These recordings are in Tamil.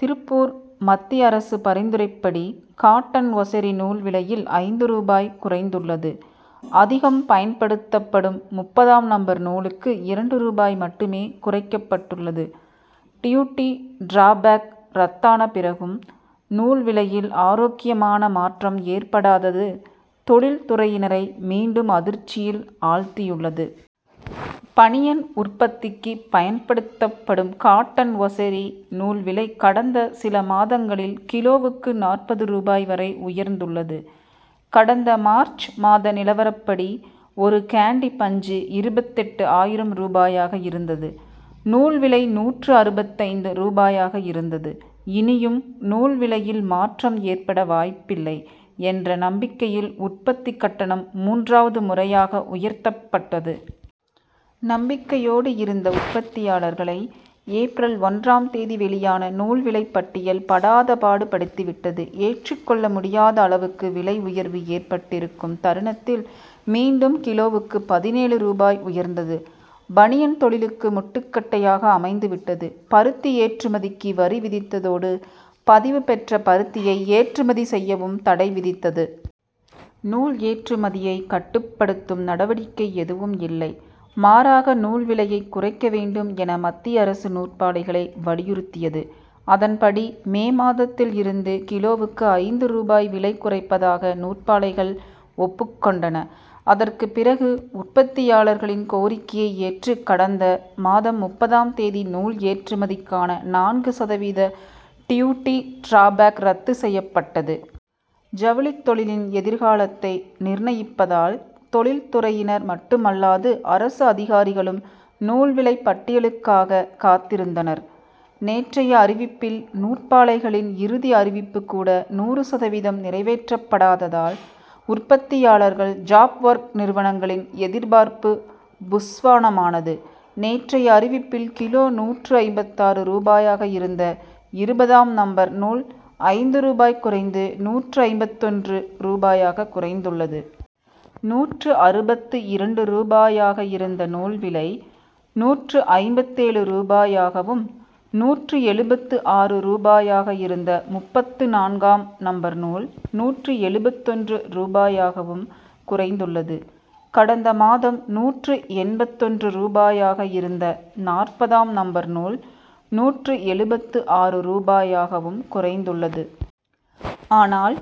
திருப்பூர் மத்திய அரசு பரிந்துரைப்படி காட்டன் ஒசைரி நூல் விலையில் ஐந்து ரூபாய் குறைந்துள்ளது. அதிகம் பயன்படுத்தப்படும் முப்பதாம் நம்பர் நூலுக்கு இரண்டு ரூபாய் மட்டுமே குறைக்கப்பட்டுள்ளது. டியூட்டி டிராபேக் ரத்தான பிறகும் நூல் விலையில் ஆரோக்கியமான மாற்றம் ஏற்படாதது தொழில் துறையினரை மீண்டும் அதிர்ச்சியில் ஆழ்த்தியுள்ளது. பனியன் உற்பத்திக்கு பயன்படுத்தப்படும் காட்டன் ஒசைரி நூல் விலை கடந்த சில மாதங்களில் கிலோவுக்கு நாற்பது ரூபாய் வரை உயர்ந்துள்ளது. கடந்த மார்ச் மாத நிலவரப்படி ஒருகேண்டி பஞ்சு இருபத்தெட்டு ஆயிரம் ரூபாயாக இருந்தது. நூல் விலை நூற்று அறுபத்தைந்து ரூபாயாக இருந்தது. இனியும் நூல் விலையில் மாற்றம் ஏற்பட வாய்ப்பில்லை என்ற நம்பிக்கையில் உற்பத்தி கட்டணம் மூன்றாவது முறையாக உயர்த்தப்பட்டது. நம்பிக்கையோடு இருந்த உற்பத்தியாளர்களை ஏப்ரல் ஒன்றாம் தேதி வெளியான நூல் விலை பட்டியல் படாதபாடு படுத்திவிட்டது. ஏற்றுக்கொள்ள முடியாத அளவுக்கு விலை உயர்வு ஏற்பட்டிருக்கும் தருணத்தில் மீண்டும் கிலோவுக்கு பதினேழு ரூபாய் உயர்ந்தது பனியன் தொழிலுக்கு முட்டுக்கட்டையாக அமைந்துவிட்டது. பருத்தி ஏற்றுமதிக்கு வரி விதித்ததோடு பதிவு பெற்ற பருத்தியை ஏற்றுமதி செய்யவும் தடை விதித்தது. நூல் ஏற்றுமதியை கட்டுப்படுத்தும் நடவடிக்கை எதுவும் இல்லை. மாறாக நூல் விலையை குறைக்க வேண்டும் என மத்திய அரசு நூற்பாலைகளை வலியுறுத்தியது. அதன்படி மே மாதத்தில் இருந்து கிலோவுக்கு ஐந்து ரூபாய் விலை குறைப்பதாக நூற்பாலைகள் ஒப்புக்கொண்டன. அதற்கு பிறகு உற்பத்தியாளர்களின் கோரிக்கையை ஏற்று கடந்த மாதம் முப்பதாம் தேதி நூல் ஏற்றுமதிக்கான நான்கு சதவீத டியூட்டி டிராபேக் ரத்து செய்யப்பட்டது. ஜவுளித்தொழிலின் எதிர்காலத்தை நிர்ணயிப்பதால் தொழில்துறையினர் மட்டுமல்லாது அரசு அதிகாரிகளும் நூல்விலை பட்டியலுக்காக காத்திருந்தனர். நேற்றைய அறிவிப்பில் நூற்பாலைகளின் இறுதி அறிவிப்பு கூட நூறு சதவீதம் நிறைவேற்றப்படாததால் உற்பத்தியாளர்கள் ஜாப்ஒர்க் நிறுவனங்களின் எதிர்பார்ப்பு புஷ்வானமானது. நேற்றைய அறிவிப்பில் கிலோ நூற்று ஐம்பத்தாறு ரூபாயாக இருந்த இருபதாம் நம்பர் நூல் ஐந்து ரூபாய் குறைந்து நூற்று ஐம்பத்தொன்று ரூபாயாக குறைந்துள்ளது. நூற்று அறுபத்து இரண்டு ரூபாயாக இருந்த நூல்விலை நூற்று ஐம்பத்தேழு ரூபாயாகவும் நூற்று எழுபத்து ஆறு ரூபாயாக இருந்த முப்பத்து நான்காம் நம்பர் நூல் நூற்று எழுபத்தொன்று ரூபாயாகவும் குறைந்துள்ளது. கடந்த மாதம் நூற்று எண்பத்தொன்று ரூபாயாக இருந்த நாற்பதாம் நம்பர் நூல் நூற்று எழுபத்து ஆறு ரூபாயாகவும் குறைந்துள்ளது. ஆனால்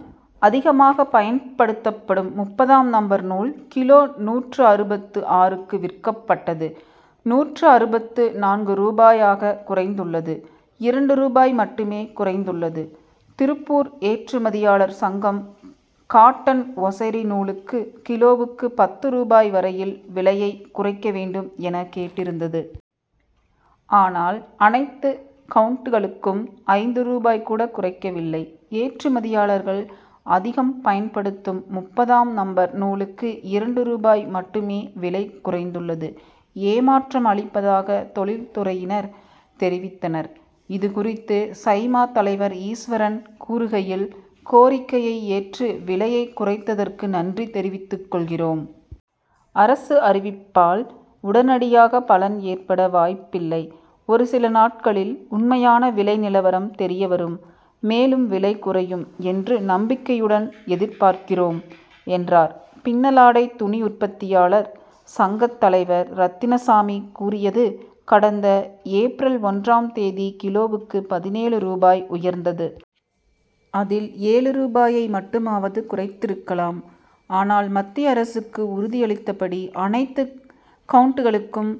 அதிகமாக பயன்படுத்தப்படும் முப்பதாம் நம்பர் நூல் கிலோ நூற்று அறுபத்து ஆறுக்கு விற்கப்பட்டது நூற்று அறுபத்து நான்கு ரூபாயாக குறைந்துள்ளது. இரண்டு ரூபாய் மட்டுமே குறைந்துள்ளது. திருப்பூர் ஏற்றுமதியாளர் சங்கம் காட்டன் ஒசைரி நூலுக்கு கிலோவுக்கு பத்து ரூபாய் வரையில் விலையை குறைக்க வேண்டும் என கேட்டிருந்தது. ஆனால் அனைத்து கவுன்ட்களுக்கும் ஐந்து ரூபாய் கூட குறைக்கவில்லை. ஏற்றுமதியாளர்கள் அதிகம் பயன்படுத்தும் முப்பதாம் நம்பர் நூலுக்கு இரண்டு ரூபாய் மட்டுமே விலை குறைந்துள்ளது ஏமாற்றம் அளிப்பதாக தொழில் துறையினர் தெரிவித்தனர். இதுகுறித்து சைமா தலைவர் ஈஸ்வரன் கூறுகையில் கோரிக்கையை ஏற்று விலையை குறைத்ததற்கு நன்றி தெரிவித்துக்கொள்கிறோம். அரசு அறிவிப்பால் உடனடியாக பலன் ஏற்பட வாய்ப்பில்லை. ஒருசில நாட்களில் உண்மையான விலை நிலவரம் தெரியவரும். மேலும் விலை குறையும் என்று நம்பிக்கையுடன் எதிர்பார்க்கிறோம் என்றார். பின்னலாடை துணி உற்பத்தியாளர் சங்க தலைவர் ரத்தினசாமி கூறியது கடந்த ஏப்ரல் ஒன்றாம் தேதி கிலோவுக்கு பதினேழு ரூபாய் உயர்ந்தது. அதில் ஏழு ரூபாயை மட்டுமாவது குறைத்திருக்கலாம். ஆனால் மத்திய அரசுக்கு உறுதியளித்தபடி அனைத்து கவுன்ட்களுக்கும்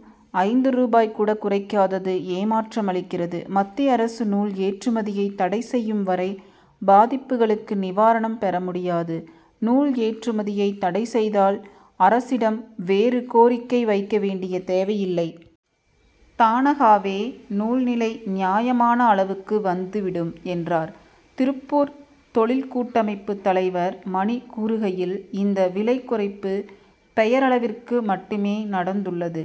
ஐந்து ரூபாய் கூட குறைக்காதது ஏமாற்றம் அளிக்கிறது. மத்திய அரசு நூல் ஏற்றுமதியை தடைசெய்யும் வரை பாதிப்புகளுக்கு நிவாரணம் பெறமுடியாது. நூல் ஏற்றுமதியை தடை செய்தால் அரசிடம் வேறு கோரிக்கை வைக்க வேண்டிய தேவையில்லை. தானகாவே நூல் நிலை நியாயமான அளவுக்கு வந்துவிடும் என்றார். திருப்பூர் தொழில் கூட்டமைப்பு தலைவர் மணி கூறுகையில் இந்த விலை குறைப்பு பெயரளவிற்கு மட்டுமே நடந்துள்ளது.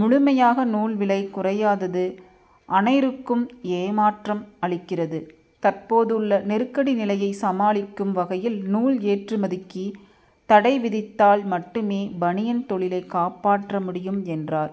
முழுமையாக நூல் விலை குறையாதது அனைருக்கும் ஏமாற்றம் அளிக்கிறது. தற்போதுள்ள நெருக்கடி நிலையை சமாளிக்கும் வகையில் நூல் ஏற்றுமதிக்கு தடைவிதித்தால் மட்டுமே பனியன் தொழிலை காப்பாற்ற முடியும் என்றார்.